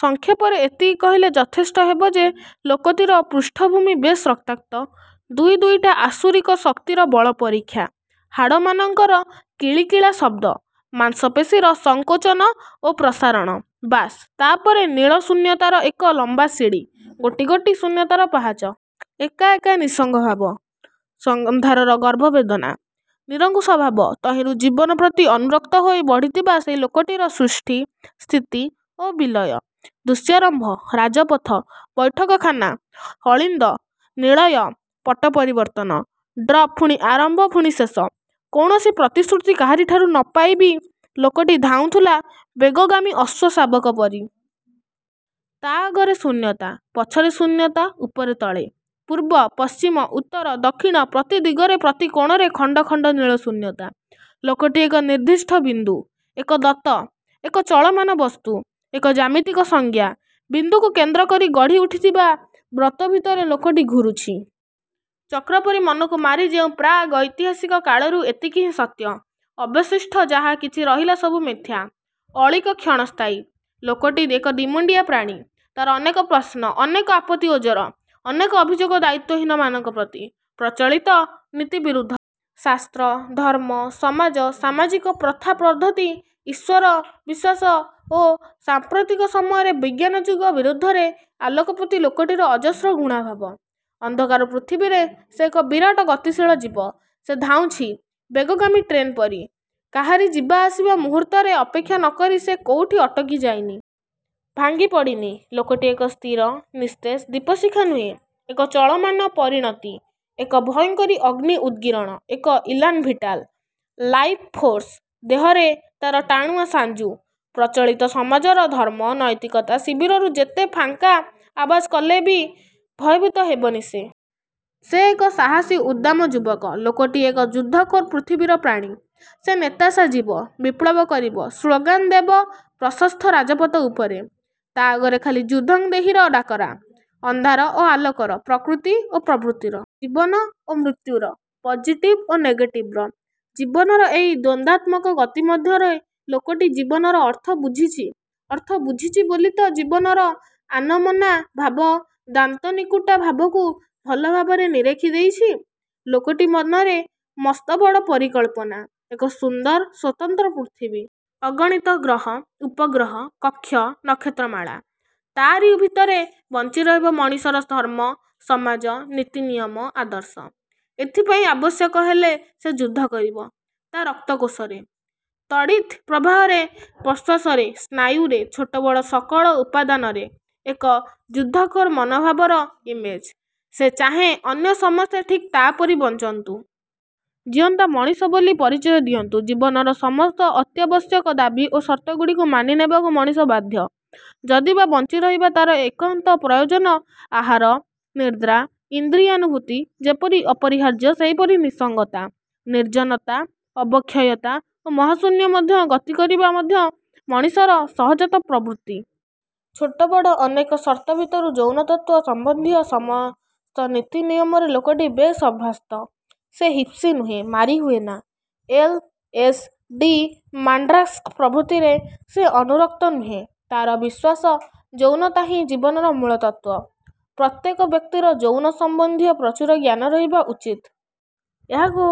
ସଂକ୍ଷେପରେ ଏତିକି କହିଲେ ଯଥେଷ୍ଟ ହେବ ଯେ, ଲୋକଟିର ପୃଷ୍ଠଭୂମି ବେଶ୍ ରକ୍ତାକ୍ତ-। ଦୁଇ ଦୁଇଟା ଆସୁରିକ ଶକ୍ତିର ବଳ ପରୀକ୍ଷା। ହାଡ଼ମାନଙ୍କର କିଳିକିଳା ଶବ୍ଦ। ମାଂସପେଶୀର ସଂକୋଚନ ଓ ପ୍ରସାରଣ। ବାସ୍, ତା'ପରେ ନୀଳ ଶୂନ୍ୟତାର ଏକ ଲମ୍ବା ସିଡ଼ି। ଗୋଟି ଗୋଟି ଶୂନ୍ୟତାର ପାହାଚ। ଏକା ଏକା ନିଃସଙ୍ଗଭାବ। ଅନ୍ଧାରର ଗର୍ଭବେଦନା। ନିରଙ୍କୁଶଭାବ-। ତହିଁରୁ ଜୀବନ ପ୍ରତି ଅନୁରକ୍ତ ହୋଇ ବଢ଼ିଥିବା ସେଇ ଲୋକଟିର ସୃଷ୍ଟି, ସ୍ଥିତି ଓ ବିଲୟ-। ଦୃଶ୍ୟାରମ୍ଭ। ରାଜପଥ। ବୈଠକଖାନା। ଅଳିନ୍ଦ, ନିଳୟ, ପଟ୍ଟପରିବର୍ତ୍ତନ। ଡ୍ରପ ପୁଣି ଆରମ୍ଭ ପୁଣି ଶେଷ। କୌଣସି ପ୍ରତିଶ୍ରୁତି କାହାରିଠାରୁ ନପାଇବି ଲୋକଟି ଧାଉଁଥିଲା ବେଗଗାମୀ ଅଶ୍ୱ ଶାବକ ପରି। ତା' ଆଗରେ ଶୂନ୍ୟତା। ପଛରେ ଶୂନ୍ୟତା। ଉପରେ, ତଳେ, ପୂର୍ବ, ପଶ୍ଚିମ, ଉତ୍ତର, ଦକ୍ଷିଣ ପ୍ରତି ଦିଗରେ, ପ୍ରତି କୋଣରେ ଖଣ୍ଡ ଖଣ୍ଡ ନୀଳ ଶୂନ୍ୟତା। ଲୋକଟି ଏକ ନିର୍ଦ୍ଦିଷ୍ଟ ବିନ୍ଦୁ, ଏକ ଦତ୍ତ! ଏକ ଚଳମାନ ବସ୍ତୁ। ଏକ ଜ୍ୟାମିତିକ ସଂଜ୍ଞା। ବିନ୍ଦୁକୁ କେନ୍ଦ୍ରକରି ଗଢ଼ି ଉଠିଥିବା ବ୍ରତ ଭିତରେ ଲୋକଟି ଘୂରୁଛି। ଚକ୍ରପରି ମନକୁ ମାରି କେଉଁ ପ୍ରାଗ୍-ଐତିହାସିକ କାଳରୁ! ଏତିକି ହିଁ ସତ୍ୟ। ଅବଶିଷ୍ଟ ଯାହା କିଛି ରହିଲା ସବୁ ମିଥ୍ୟା। ଅଳୀକ କ୍ଷଣସ୍ଥାୟୀ। ଲୋକଟି ଏକ ଦିମୁଣ୍ଡିଆ ପ୍ରାଣୀ। ତା'ର ଅନେକ ପ୍ରଶ୍ନ। ଅନେକ ଆପତ୍ତି ଓଜର। ଅନେକ ଅଭିଯୋଗ ଦାୟିତ୍ୱହୀନ ମାନଙ୍କ ପ୍ରତି। ପ୍ରଚଳିତ ନୀତି ବିରୁଦ୍ଧରେ। ଶାସ୍ତ୍ର, ଧର୍ମ, ସମାଜ, ସାମାଜିକ ପ୍ରଥା ପଦ୍ଧତି, ଈଶ୍ୱର ବିଶ୍ୱାସ ଓ ସାଂପ୍ରତିକ ସମୟର ବିଜ୍ଞାନ ଯୁଗ ବିରୁଦ୍ଧରେ। ଆଲୋକପ୍ରତି ଲୋକଟିର ଅଜସ୍ର ଘୃଣାଭାବ। ଅନ୍ଧକାର ପୃଥିବୀରେ ସେ ଏକ ବିରାଟ ଗତିଶୀଳ ଜୀବ। ସେ ଧାଉଁଛି ବେଗଗାମୀ ଟ୍ରେନପରି। କାହାରି ଯିବା ଆସିବା ମୁହୂର୍ତ୍ତରେ ଅପେକ୍ଷା ନକରି ସେ କୋଉଠି ଅଟକି ଯାଇନି। ଭାଙ୍ଗିପଡ଼ିନି। ଲୋକଟି ଏକ ସ୍ଥିର, ନିସ୍ତେଜ, ଦୀପଶିଖା ନୁହେଁ। ଏକ ଚଳମାନ ପରିଣତି। ଏକ ଭୟଙ୍କରୀ ଅଗ୍ନି ଉଦ୍ଗିରଣ। ଏକ ଇଲାନ୍ ଭିଟାଲ୍। Life force. ଦେହରେ ତା'ର ଟାଣୁଆ ସାଞ୍ଜୁ। ପ୍ରଚଳିତ ସମାଜର ଧର୍ମ, ନୈତିକତା ଶିବିରରୁ ଯେତେ ଫାଙ୍କା ଆଓ୍ୱାଜ କଲେବି ଭୟଭୀତ ହେବନି ସେ। ସେ ଏକ ସାହସୀ ଉଦ୍ଦାମ ଯୁବକ।। ଲୋକଟି ଏକ ଯୁଦ୍ଧ ଖୋର ପୃଥିବୀର ପ୍ରାଣୀ। ସେ ନେତା ସାଜିବ। ବିପ୍ଳବ କରିବ। ସ୍ଳୋଗାନ ଦେବ ପ୍ରସସ୍ଥ ରାଜପଥ ଉପରେ। ତା' ଆଗରେ ଖାଲି ଯୁଦ୍ଧଂ ଦେହୀର ଡାକରା। ଅନ୍ଧାର ଓ ଆଲୋକର। ପ୍ରକୃତି ଓ ପ୍ରବୃତ୍ତିର! ଜୀବନ ଓ ମୃତ୍ୟୁର। ପଜିଟିଭ୍ ଓ ନେଗେଟିଭ୍ର। ଜୀବନର ଏଇ ଦ୍ୱନ୍ଦାତ୍ମକ ଗତିମଧ୍ୟରେ ଲୋକଟି ଜୀବନର ଅର୍ଥ ବୁଝିଛି। ଅର୍ଥ ବୁଝିଛି ବୋଲିତ ଜୀବନର ଆନମନା ଭାବ, ଦାନ୍ତନିକୁଟା ଭାବକୁ ଭଲଭାବରେ ନିରେଖି ଦେଖୁଛି। ଲୋକଟି ମନରେ ମସ୍ତବଡ଼ ପରିକଳ୍ପନା। ଏକ ସୁନ୍ଦର ସ୍ୱତନ୍ତ୍ର ପୃଥିବୀ। ଅଗଣିତ ଗ୍ରହ, ଉପଗ୍ରହ, କକ୍ଷ, ନକ୍ଷତ୍ରମାଳା। ତା'ରି ଭିତରେ ବଞ୍ଚିରହିବ ମଣିଷର ଧର୍ମ, ସମାଜ, ନୀତିନିୟମ, ଆଦର୍ଶ। ଏଥିପାଇଁ ଆବଶ୍ୟକ ହେଲେ ସେ ଯୁଦ୍ଧକରିବ। ତା' ରକ୍ତକୋଷରେ। ତଡ଼ିତ୍ ପ୍ରବାହରେ, ପ୍ରଶ୍ୱାସରେ, ସ୍ନାୟୁରେ, ଛୋଟବଡ଼ ସକଳ ଉପାଦାନରେ ଏକ ଯୁଦ୍ଧଖୋର ମନୋଭାବର ଇମେଜ୍। ସେ ଚାହେଁ ଅନ୍ୟସମସ୍ତେ ଠିକ୍ ତା'ରି ପରି ବଞ୍ଚନ୍ତୁ। ଜିଅନ୍ତା ମଣିଷ ବୋଲି ପରିଚୟ ଦିଅନ୍ତୁ। ଜୀବନର ସମସ୍ତ ଅତ୍ୟାବଶ୍ୟକ ଦାବି ଓ ସର୍ତ୍ତଗୁଡ଼ିକୁ ମାନିନେବାକୁ ମଣିଷ ବାଧ୍ୟ। ଯଦିବା ବଞ୍ଚିରହିବା ତା'ର ଏକାନ୍ତ ପ୍ରୟୋଜନ। ଆହାର, ନିଦ୍ରା, ଇନ୍ଦ୍ରିୟାନୁଭୂତି ଯେପରି ଅପରିହାର୍ଯ୍ୟ ସେହିପରି ନିଃସଙ୍ଗତା ନିର୍ଜନତା, ଅବକ୍ଷୟତା ଓ ମହାଶୂନ୍ୟ ମଧ୍ୟ ଗତିକରିବା ମଧ୍ୟ ମଣିଷର ସହଜାତ ପ୍ରବୃତ୍ତି। ଛୋଟ ବଡ଼ ଅନେକ ସର୍ତ୍ତ ଭିତରୁ ଯୌନତତ୍ତ୍ୱ ସମ୍ବନ୍ଧୀୟ ସମସ୍ତ ନୀତି ନିୟମରେ ଲୋକଟି ବେଶ୍ ଅଭ୍ୟସ୍ତ। ସେ ହିପ୍ପି ନୁହେଁ। Marijuana, L. S. D. Mandrax ପ୍ରଭୃତିରେ ସେ ଅନୁରକ୍ତ ନୁହେଁ। ତା'ର ବିଶ୍ୱାସ ଯୌନତାହିଁ ଜୀବନର ମୂଳତତ୍ତ୍ୱ। ପ୍ରତ୍ୟେକ ବ୍ୟକ୍ତିର ଯୌନ ସମ୍ବନ୍ଧୀୟ ପ୍ରଚୁର ଜ୍ଞାନ ରହିବା ଉଚିତ। ଏହାକୁ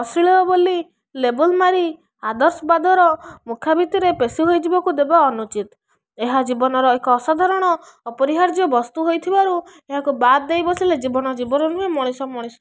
ଅଶ୍ଳୀଳ ବୋଲି ଲେବଲ୍ ମାରି ଆଦର୍ଶବାଦର ମୁଖାଭିତରେ ପେଶୀ ହୋଇଯିବାକୁ ଦେବା ଅନୁଚିତ। ଏହା ଜୀବନର ଏକ ଅସାଧାରଣ ଅପରିହାର୍ଯ୍ୟ ବସ୍ତୁ ହୋଇଥିବାରୁ ଏହାକୁ ବାଦ୍ ଦେଇ ବସିଲେ ଜୀବନ, ଜୀବନ ନୁହେଁ। ମଣିଷ, ମଣିଷ ନୁହେଁ।